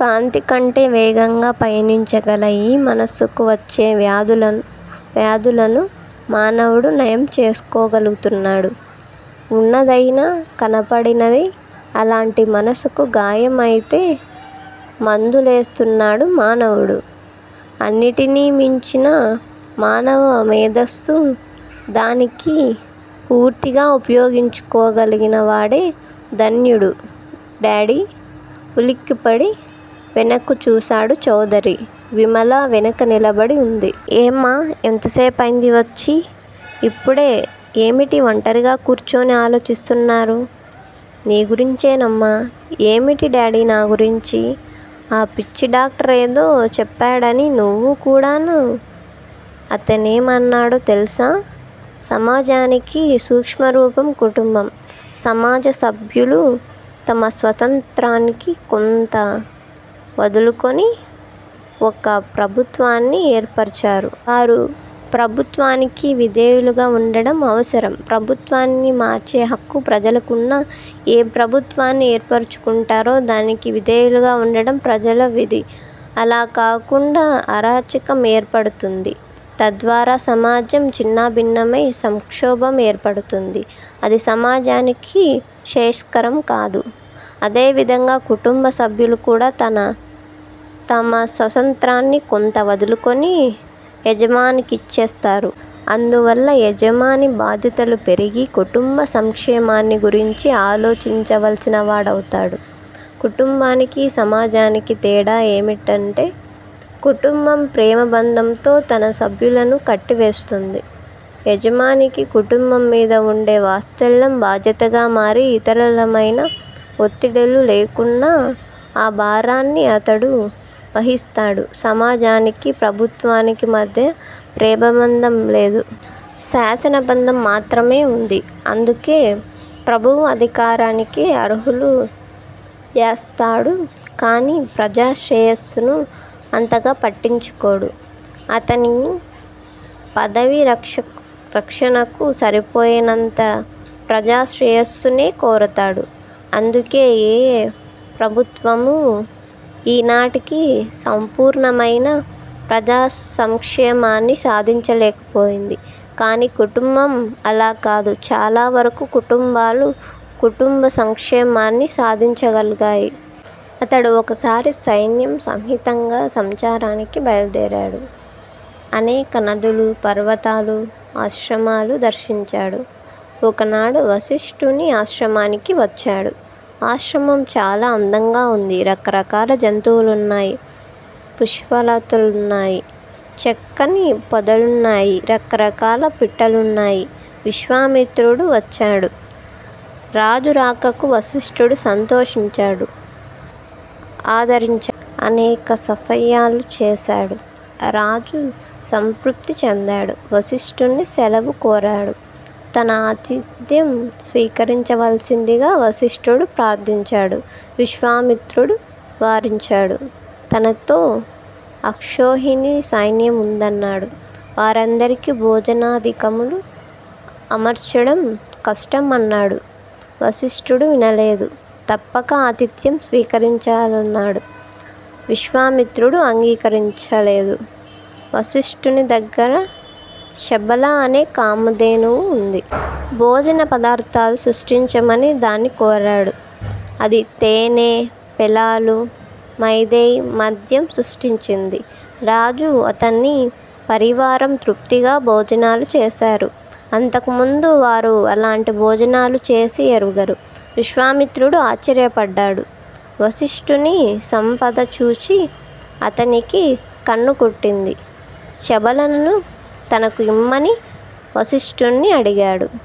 కాంతికంటే వేగంగా పయనించగల ఈ మనసుకు వచ్చే వ్యాధులను మానవుడు నయం చేయగలుగుతున్నాడు. ఉన్నదయినా కనబడినది. అలాంటి మనసుకు గాయం అయితే మందు లేస్తున్నాడు మానవుడు. అన్నింటినీ మించింది మానవ మేధస్సు. దానిని పూర్తిగా ఉపయోగించుకోగలిగినవాడే ధన్యుడు__ డాడీ! ఉలిక్కిపడి వెనక్కు చూశాడు చౌదరి. విమల వెనక నిలబడి వుంది. ఏమ్మా! ఎంతసేపైంది వచ్చి? ఇప్పుడే! ఏమిటి వంటరిగా కూర్చుని ఆలోచిస్తున్నారు? నీ గురించేనమ్మా! ఏమిటి డాడీ నా గురించి? ఆ పిచ్చి డాక్టరేదో చెప్పాడని నువ్వు కూడానూ__ అతనేమన్నాడో తెలుసా? సమాజానికి సూక్ష్మరూపం కుటుంబం. సమాజ సభ్యులు తమ స్వాతంత్ర్యాన్ని కొంత వదులుకొని ఒక ప్రభుత్వాన్ని ఏర్పరచారు. వారు ప్రభుత్వానికి విధేయులుగా వుండడం అవసరం. ప్రభుత్వాన్ని మార్చే హక్కు ప్రజలకున్నా, ఏ ప్రభుత్వాన్ని ఏర్పరచుకుంటారో, దానికి విధేయులై వుండడం ప్రజల విధి. అలా కాకుంటే అరాచకం ఏర్పడుతుంది. తద్వారా సమాజం ఛిన్నాభిన్నమై సంక్షోభం ఏర్పడుతుంది. అది సమాజానికి శ్రేయస్కరం కాదు. అదేవిధంగా కుటుంబ సభ్యులు కూడా తమ స్వాతత్ర్యాన్ని కొంత వదులుకొని, యజమానికిచ్చేస్తారు. అందువల్ల యజమాని బాధ్యతలు పెరిగి కుటుంబ సంక్షేమాన్ని గురించి ఆలోచించవలసినవాడవుతాడు. కుటుంబానికి, సమాజానికి తేడా ఏమంటే, కుటుంబం ప్రేమబంధంతో తన సభ్యులను కట్టివేస్తుంది. యజమానికి కుటుంబం మీద వుండే వాత్సల్యం, బాధ్యతగా మారి, ఇతరమైన ఒత్తుడిలు లేకున్నా ఆ భారాన్ని అతడు వహిస్తాడు. సమాజానికి, ప్రభుత్వానికి మధ్య ప్రేమబంధం లేదు. శాసనబంధం మాత్రమే వుంది. అందుకే ప్రభువు అధికారానికే అర్రులు జాస్తాడు కాని, ప్రజా శ్రేయస్సును అంతగా పట్టించుకోడు. అతని పదవి రక్షణకు సరిపోయినంత ప్రజా శ్రేయస్సునే కోరతాడు. అందుకే ఏ ప్రభుత్వమూ ఈనాటికి సంపూర్ణమైన ప్రజా సంక్షేమాన్ని సాధించలేకపోయింది. కాని కుటుంబం అలాకాదు. చాలావరకు కుటుంబాలు కుటుంబ సంక్షేమాన్ని సాధించగలిగాయి. అతడు ఒకసారి సైన్యం సహితంగా సంచారానికి బయల్దేరాడు. అనేక నదులు, పర్వతాలు, ఆశ్రమాలూ దర్శించాడు. ఒకనాడు వశిష్ఠుని ఆశ్రమానికి వచ్చాడు. ఆశ్రమం చాలా అందంగా వుంది. రకరకాల జంతువులున్నాయి. పుష్పలతలున్నాయి. చక్కని పొదలున్నాయి. రకరకాల పిట్టలున్నాయి. విశ్వామిత్రుడు వచ్చాడు. రాజు రాకకు వశిష్టుడు సంతోషించాడు. ఆదరించాడు. అనేక సపర్యలు చేశాడు. రాజు సంతృప్తి చెందాడు. వశిష్ఠుణ్ణి శెలవు కోరాడు. తన ఆతిథ్యం స్వీకరించవలసిందని వశిష్ఠుడు ప్రార్ధించాడు. విశ్వామిత్రుడు వారించాడు. తనతో అక్షోహిణి సైన్యం ఉందన్నాడు. వారందరికీ భోజనాదికములు అమర్చడం కష్టం అన్నాడు. వశిష్టుడు వినలేదు. తప్పక ఆతిథ్యం స్వీకరించాలన్నాడు. విశ్వామిత్రుడు అంగీకరించలేదు. వశిష్టుని దగ్గర శబళ అనే కామధేనువు వుంది. భోజన పదార్ధాలు సృష్టించమని దాన్ని కోరాడు. అది తేనె, పేలాలు, మైదేయ్, మద్యం సృష్టించింది. రాజు అతని పరివారం తృప్తిగా భోజనాలు చేశారు. అంతకుముందు వారు అలాంటి భోజనం చేసి ఎరుగరు. విశ్వామిత్రుడు ఆశ్చర్యపడ్డాడు. వశిష్టుని సంపద చూచి అతనికి కన్ను కుట్టింది. శబళను తనకు ఇమ్మని వశిష్టుణ్ణి అడిగాడు.